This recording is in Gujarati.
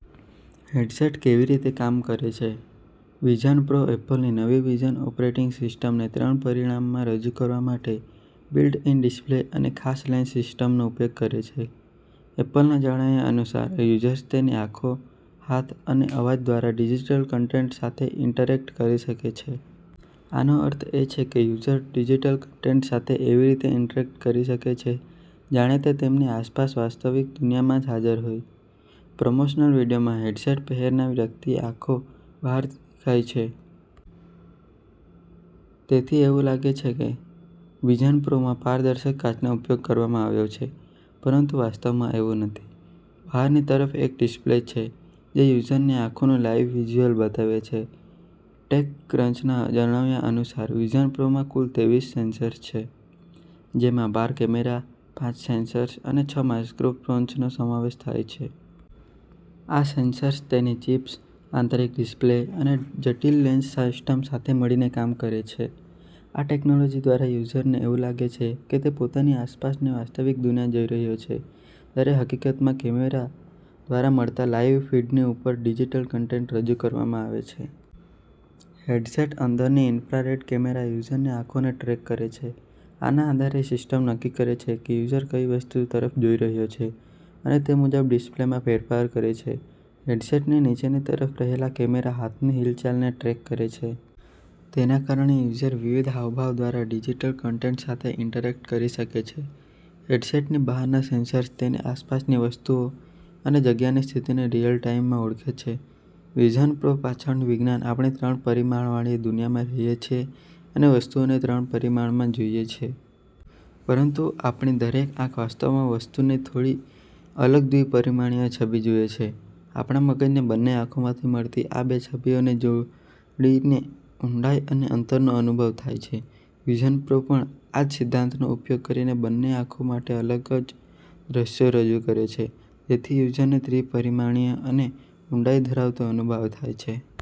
હેડસેટ કેવી રીતે કામ કરે છે? વિઝન પ્રો એપલની નવી વિઝન ઓપરેટિંગ સિસ્ટમને ત્રણ પરિમાણમાં રજૂ કરવા માટે બિલ્ટ-ઇન ડિસ્પ્લે અને ખાસ લેન્સ સિસ્ટમનો ઉપયોગ કરે છે. એપલના જણાવ્યા અનુસાર, યુઝર્સ તેમની આંખો, હાથ અને અવાજ દ્વારા ડિજિટલ કન્ટેન્ટ સાથે ઇન્ટરેક્ટ કરી શકે છે. આનો અર્થ એ છે કે યુઝર્સ ડિજિટલ કન્ટેન્ટ સાથે એવી રીતે ઇન્ટરેક્ટ કરી શકે છે, જાણે તે તેમની આસપાસની વાસ્તવિક દુનિયામાં જ હાજર હોય. પ્રમોશનલ વીડિયોમાં હેડસેટ પહેરનાર વ્યક્તિની આંખો બહારથી દેખાય છે. તેથી એવું લાગે છે કે વિઝન પ્રોમાં પારદર્શક કાચનો ઉપયોગ કરવામાં આવ્યો છે, પરંતુ વાસ્તવમાં એવું નથી. બહારની તરફ એક ડિસ્પ્લે છે, જે યુઝરની આંખોનું લાઇવ વિઝ્યુઅલ બતાવે છે. ટેકક્રંચના જણાવ્યા અનુસાર, વિઝન પ્રોમાં કુલ ત્રેવીસ સેન્સર્સ છે, જેમાં બાર કેમેરા, પાંચ સેન્સર્સ અને છ માઇક્રોફોન્સનો સમાવેશ થાય છે. આ સેન્સર્સ તેની ચિપ્સ, આંતરિક ડિસ્પ્લે અને જટિલ લેન્સ સિસ્ટમ સાથે મળીને કામ કરે છે. આ ટેક્નોલોજી દ્વારા યુઝરને એવું લાગે છે કે તે પોતાની આસપાસની વાસ્તવિક દુનિયા જોઈ રહ્યો છે, જ્યારે હકીકતમાં કેમેરા દ્વારા મળતા લાઇવ ફીડની ઉપર ડિજિટલ કન્ટેન્ટ રજૂ કરવામાં આવે છે. હેડસેટની અંદરના ઇન્ફ્રારેડ કેમેરા યુઝરની આંખોને ટ્રૅક કરે છે. આના આધારે સિસ્ટમ નક્કી કરે છે કે યુઝર કઈ વસ્તુ તરફ જોઈ રહ્યો છે અને તે મુજબ ડિસ્પ્લેમાં ફેરફાર કરે છે. હેડસેટની નીચેની તરફ રહેલા કેમેરા હાથની હિલચાલને ટ્રૅક કરે છે. તેના કારણે યુઝર વિવિધ હાવભાવ દ્વારા ડિજિટલ કન્ટેન્ટ સાથે ઇન્ટરેક્ટ કરી શકે છે. હેડસેટની બહારના સેન્સર્સ તેની આસપાસની વસ્તુઓ અને જગ્યાની સ્થિતિને રિયલ ટાઇમમાં ઓળખે છે. વિઝન પ્રો પાછળનું વિજ્ઞાન આપણે ત્રણ પરિમાણવાળી દુનિયામાં રહીએ છીએ અને વસ્તુઓને ત્રણ પરિમાણમાં જોઈએ છીએ. પરંતુ આપણી દરેક આંખ વાસ્તવમાં વસ્તુની થોડી અલગ દ્વિ-પરિમાણીય છબી જુએ છે. આપણા મગજને બંને આંખોમાંથી મળતી આ બે છબીઓને જોડીને ઊંડાઈ અને અંતરનો અનુભવ થાય છે. વિઝન પ્રો પણ આ જ સિદ્ધાંતનો ઉપયોગ કરીને બંને આંખો માટે અલગ દૃશ્યો રજૂ કરે છે, જેથી યુઝરને ત્રિ-પરિમાણીય અને ઊંડાઈ ધરાવતો અનુભવ થાય છે.